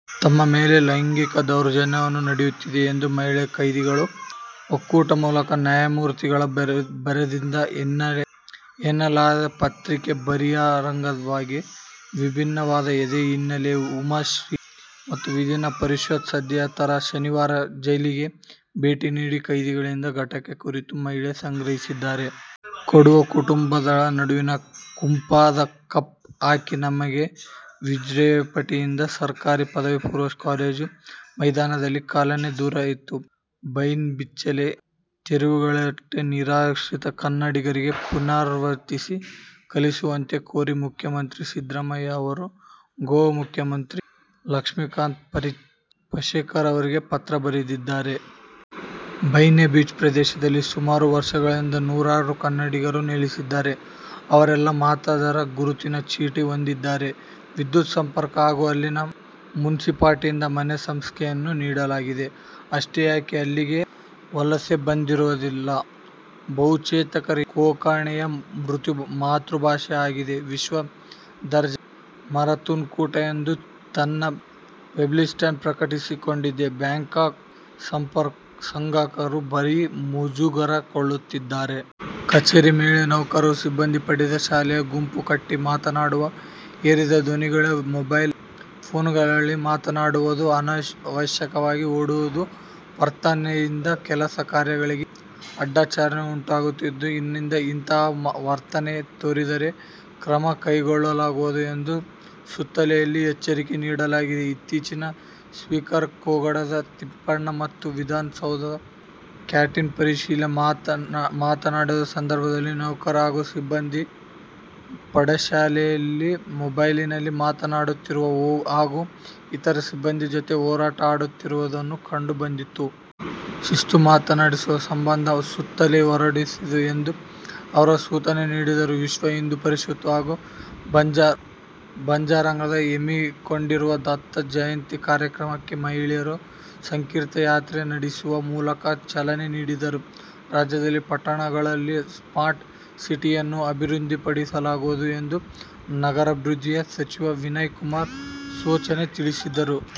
ತಮ್ಮ ಮೇಲೆ ಲೈಂಗಿಕ ದೌರ್ಜನ್ಯ ನಡೆಯುತ್ತಿದೆ ಎಂದು ಮಹಿಳಾ ಕೈದಿಗಳು ಹೈಕೋರ್ಟ್ ಮುಖ್ಯ ನ್ಯಾಯಮೂರ್ತಿಗಳಿಗೆ ಬರೆದಿದ್ದಾರೆ ಎನ್ನಲಾದ ಪತ್ರ ಬಹಿರಂಗವಾಗಿ ವಿವಾದ ಎದ್ದ ಹಿನ್ನೆಲೆಯಲ್ಲಿ ಉಮಾಶ್ರೀ ಮತ್ತು ವಿಧಾನ ಪರಿಷತ್ ಸದಸ್ಯೆ ತಾರಾ ಶನಿವಾರ ಜೈಲಿಗೆ ಭೇಟಿ ನೀಡಿ ಕೈದಿಗಳಿಂದ ಘಟನೆ ಕುರಿತು ಮಾಹಿತಿ ಸಂಗ್ರಹಿಸಿದ್ದಾರೆ. ಕೊಡವ ಕುಟುಂಬಗಳ ನಡುವಿನ ಕುಪ್ಪಂಡ ಕಪ್ ಹಾಕಿ ನಮ್ಮೆಗೆ ವಿರಾಜಪೇಟೆಯ ಸರಕಾರಿ ಪದವಿ ಪೂರ್ವ ಕಾಲೇಜು ಮೈದಾನದಲ್ಲಿ ಚಾಲನೆ ದೊರೆಯಿತು. ಬೈನಾ ಬೀಚ್ನಲ್ಲಿ ತೆರವುಗೊಳಿಸಲ್ಪಟ್ಟ ನಿರಾಶ್ರಿತ ಕನ್ನಡಿಗರಿಗೆ ಪುನರ್ವಸತಿ ಕಲ್ಪಿಸುವಂತೆ ಕೋರಿ ಮುಖ್ಯಮಂತ್ರಿ ಸಿದ್ದರಾಮಯ್ಯ ಅವರು ಗೋವಾ ಮುಖ್ಯಮಂತ್ರಿ ಲಕ್ಷ್ಮೀಕಾಂತ್ ಪಾರ್ಶೇಕರ್ ಅವರಿಗೆ ಪತ್ರ ಬರೆದಿದ್ದಾರೆ. ಬೈನಾ ಬೀಚ್ ಪ್ರದೇಶದಲ್ಲಿ ಸುಮಾರು ವರ್ಷಗಳಿಂದ ನೂರಾರು ಕನ್ನಡಿಗರು ನೆಲೆಸಿದ್ದಾರೆ. ಅವರೆಲ್ಲರೂ ಮತದಾರರ ಗುರುತಿನ ಚೀಟಿ ಹೊಂದಿದ್ದಾರೆ. ವಿದ್ಯುತ್ ಸಂಪರ್ಕ ಹಾಗೂ ಅಲ್ಲಿನ ಮುನ್ಸಿಪಾಲಿಟಿಯಿಂದ ಮನೆ ಸಂಖ್ಯೆಯನ್ನೂ ನೀಡಲಾಗಿದೆ. ಅಷ್ಟೇ ಯಾಕೆ, ಅಲ್ಲಿಗೆ ವಲಸೆ ಬಂದವರಲ್ಲಿ ಬಹುತೇಕರಿಗೆ ಕೊಂಕಣಿಯೇ ಮಾತೃಭಾಷೆ ಆಗಿದೆ. ವಿಶ್ವ ದರ್ಜೆಯ ಮ್ಯಾರಥಾನ್ ಕೂಟ ಎಂದು ತನ್ನ ವೆಬ್ಸೈಟ್ನಲ್ಲಿ ಪ್ರಕಟಿಸಿಕೊಂಡಿರುವ ಬ್ಯಾಂಕಾಕ್ ಸಂಘಟಕರು ಭಾರೀ ಮುಜುಗರಕ್ಕೊಳಗಾಗಿದ್ದಾರೆ. ಕಚೇರಿ ವೇಳೆ ನೌಕರರು ಸಿಬ್ಬಂದಿ ಪಡಸಾಲೆಗಳಲ್ಲಿ ಗುಂಪು ಕಟ್ಟಿ ಮಾತನಾಡುವುದು, ಏರಿದ ಧ್ವನಿಯಲ್ಲಿ ಮೊಬೈಲ್ ಫೋನ್ಗಳಲ್ಲಿ ಮಾತನಾಡುವುದು, ಅನವಶ್ಯಕವಾಗಿ ಓಡಾಡುವ ವರ್ತನೆಯಿಂದ ಕೆಲಸ-ಕಾರ್ಯಗಳಿಗೆ ಅಡಚಣೆಯುಂಟಾಗುತ್ತಿದ್ದು, ಇನ್ಮುಂದೆ ಅಂತಹ ವರ್ತನೆ ತೋರಿದರೆ ಕ್ರಮ ಕೈಗೊಳ್ಳಲಾಗುವುದು ಎಂದು ಸುತ್ತೋಲೆಯಲ್ಲಿ ಎಚ್ಚರಿಕೆ ನೀಡಲಾಗಿದೆ. ಇತ್ತೀಚೆಗೆ ಸ್ಪೀಕರ್ ಕಾಗೋಡು ತಿಮ್ಮಪ್ಪ ಅವರು ವಿಧಾನಸೌಧದ ಕ್ಯಾಂಟೀನ್ ಪರಿಶೀಲನೆ ಮಾಡುತ್ತಿದ್ದ ಸಂದರ್ಭದಲ್ಲಿ ನೌಕರರು ಹಾಗೂ ಸಿಬ್ಬಂದಿ ಪಡಸಾಲೆಯಲ್ಲಿ ಮೊಬೈಲ್ನಲ್ಲಿ ಮಾತನಾಡುತ್ತಿರುವುದು ಹಾಗೂ ಇತರೆ ಸಿಬ್ಬಂದಿ ಜತೆ ಹರಟೆ ಹೊಡೆಯುತ್ತಿರುವುದು ಕಂಡು ಬಂದಿತ್ತು. ಶಿಸ್ತು ಮೂಡಿಸುವ ಸಂಬಂಧ ಸುತ್ತೋಲೆ ಹೊರಡಿಸಿ ಎಂದು ಅವರು ಸೂಚನೆ ನೀಡಿದ್ದರು. ವಿಶ್ವ ಹಿಂದೂ ಪರಿಷತ್ ಹಾಗೂ ಬಜರಂಗದಳ ಹಮ್ಮಿಕೊಂಡಿರುವ ದತ್ತ ಜಯಂತಿ ಕಾರ್ಯಕ್ರಮಕ್ಕೆ ಮಹಿಳೆಯರು ಸಂಕೀರ್ತನಾ ಯಾತ್ರೆ ನಡೆಸುವ ಮೂಲಕ ಚಾಲನೆ ನೀಡಿದರು. ರಾಜ್ಯದಲ್ಲಿ ಪಟ್ಟಣಗಳನ್ನು ಸ್ಮಾರ್ಟ್ ಸಿಟಿಯನ್ನಾಗಿ ಅಭಿವೃದ್ಧಿಪಡಿಸಲಾಗುವುದು ಎಂದು ನಗರಾಭಿವೃದ್ಧಿ ಸಚಿವ ವಿನಯ ಕುಮಾರ್ ಸೊರಕೆ ತಿಳಿಸಿದರು.